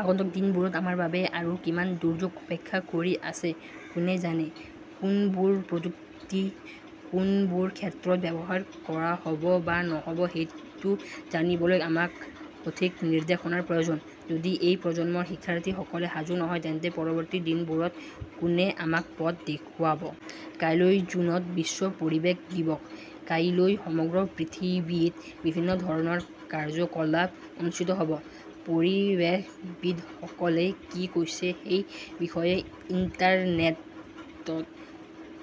আগন্তুক দিনবোৰত আমাৰ বাবে আৰু কিমান দুৰ্যোগ অপেক্ষা কৰি আছে, কোনে জানে! কোনবোৰ প্ৰযুক্তি কোনবোৰ ক্ষেত্ৰত ব্যৱহাৰ কৰা হব বা নহব সেইটো জানিবলৈ আমাক সঠিক নিৰ্দেশনাৰ প্ৰয়োজন। যদি এই প্ৰজন্মৰ শিক্ষাৰ্থীসকলে সাজু নহয়, তেন্তে পৰৱৰ্তী দিনবোৰত কোনে আমাক পথ দেখুৱাব? কাইলৈ জুনত বিশ্ব পৰিৱেশ দিৱস। কাইলৈ সমগ্ৰ পৃথিৱীত বিভিন্ন ধৰণৰ কাৰ্যকলাপ অনুষ্ঠিত হব। পৰিৱেশবিদসকলে কি কৈছে সেই বিষয়ে ইণ্টাৰনেটত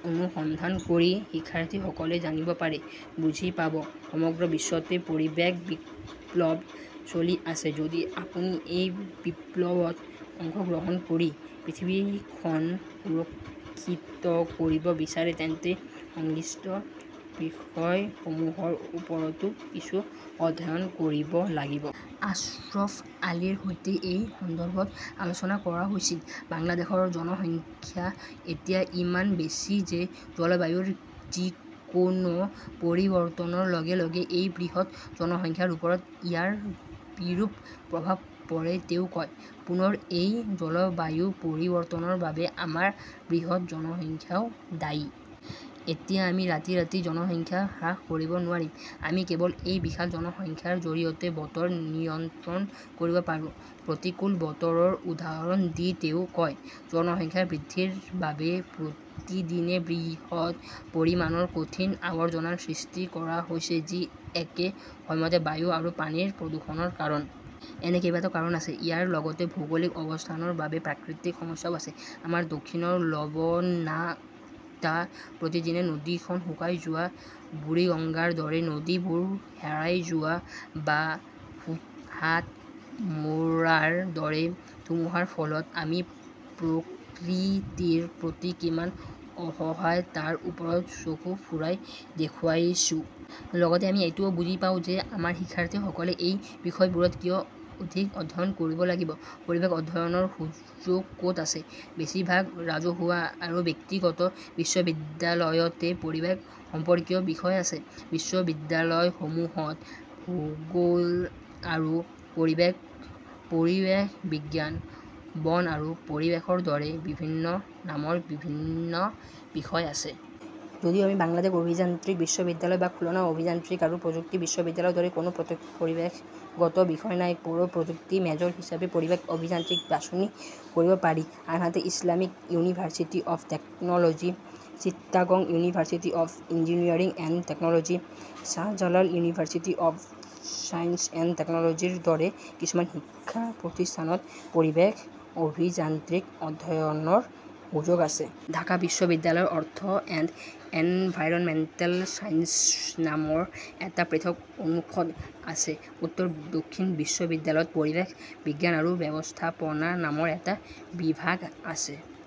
অনুসন্ধান কৰি শিক্ষাৰ্থীসকলে জানিব পাৰে। বুজি পাব, সমগ্ৰ বিশ্বতে পৰিৱেশ-বিপ্লৱ চলি আছে। যদি আপুনি এই বিপ্লৱত অংশগ্ৰহণ কৰি পৃথিৱীখন সুৰক্ষিত কৰিব বিচাৰে তেন্তে সংশ্লিষ্ট বিষয়সমূহৰ ওপৰতো কিছু অধ্যয়ন কৰিব লাগিব। আশ্ৰফ আলীৰ সৈতে এই সন্দৰ্ভত আলোচনা কৰা হৈছিল। "বাংলাদেশৰ জনসংখ্যা এতিয়া ইমান বেছি যে জলবায়ুৰ যিকোনো পৰিৱৰ্তনৰ লগে লগে এই বৃহৎ জনসংখ্যাৰ ওপৰত ইয়াৰ বিৰূপ প্ৰভাৱ পৰে", তেওঁ কয়। পুনৰ এই জলবায়ু পৰিৱৰ্তনৰ বাবে আমাৰ বৃহৎ জনসংখ্যাও দায়ী। এতিয়া আমি ৰাতিৰাতি জনসংখ্যা হ্ৰাস কৰিব নোৱাৰিম। আমি কেৱল এই বিশাল জনসংখ্যাৰ জৰিয়তে বতৰ নিয়ন্ত্ৰণ কৰিব পাৰোঁ। "প্ৰতিকূল বতৰৰ উদাহৰণ দি তেওঁ কয়", "জনসংখ্যা বৃদ্ধিৰ বাবে প্ৰতিদিনে বৃহৎ পৰিমাণৰ" "কঠিন আৱৰ্জনা" "সৃষ্টি কৰা হৈছে, যি একে সময়তে বায়ু আৰু পানীৰ প্ৰদূষণৰ কাৰণ। " এনে কেইবাটাও কাৰণ আছে। ইয়াৰ লগত ভৌগোলিক অৱস্থানৰ বাবে প্ৰাকৃতিক সমস্যাও আছে। আমাৰ দক্ষিণৰ লবণাকতা, প্ৰতিদিনে নদীখন শুকাই যোৱা, বুৰিগঙ্গাৰ দৰে নদীবোৰ হেৰাই যোৱা বা হুটহাট "ম'ৰাৰ দৰে ধুমুহাৰ ফলত আমি প্ৰকৃতিৰ প্ৰতি কিমান অসহায় তাৰ ওপৰত চকু ফুৰাই দেখুৱাইছো। লগতে আমি এইটোও বুজি পাওঁ যে আমাৰ শিক্ষাৰ্থীসকলে এই বিষয়বোৰত কিয় অধিক অধ্যয়ন কৰিব লাগিব। "পৰিৱেশ অধ্যয়নৰ সুযোগ ক’ত আছে? বেছিভাগ ৰাজহুৱা আৰু ব্যক্তিগত বিশ্ববিদ্যালয়তে পৰিৱেশ সম্পৰ্কীয় বিষয় আছে। বিশ্ববিদ্যালয়সমূহত ভূগোল আৰু পৰিৱেশ, পৰিৱেশ বিজ্ঞান, বন আৰু পৰিৱেশৰ দৰে বিভিন্ন নামৰ বিভিন্ন বিষয় আছে। যদিও বাংলাদেশ অভিযান্ত্ৰিক বিশ্ববিদ্যালয় বা খুলনা অভিযান্ত্ৰিক আৰু প্ৰযুক্তি বিশ্ববিদ্যালয়ৰ দৰে কোনো প্ৰত্ পৰিৱেশগত বিষয় নাই, পৌৰ প্ৰযুক্তিত মেজৰ হিচাপে 'পৰিৱেশ অভিযান্ত্ৰিক' বাছনি কৰিব পাৰি। আনহাতে, Islamic university of 'technology, Chittagong university of engineering and technology, Shahjalal university of science and টেকন 'লজিৰ দৰে কিছুমান শিক্ষা প্ৰতিষ্ঠানত পৰিৱেশ অভিযান্ত্ৰিক অধ্যয়নৰ সুযোগ আছে। ঢাকা বিশ্ববিদ্যালয়ৰ অৰ্থ এণ্ড এনভাইৰনমেণ্টেল ছায়েন্স নামৰ এটা পৃথক অনুষদ আছে। উত্তৰ দক্ষিণ বিশ্ববিদ্যালয়ত পৰিৱেশ বিজ্ঞান আৰু ব্যৱস্থাপনা নামৰ এটা বিভাগ আছে।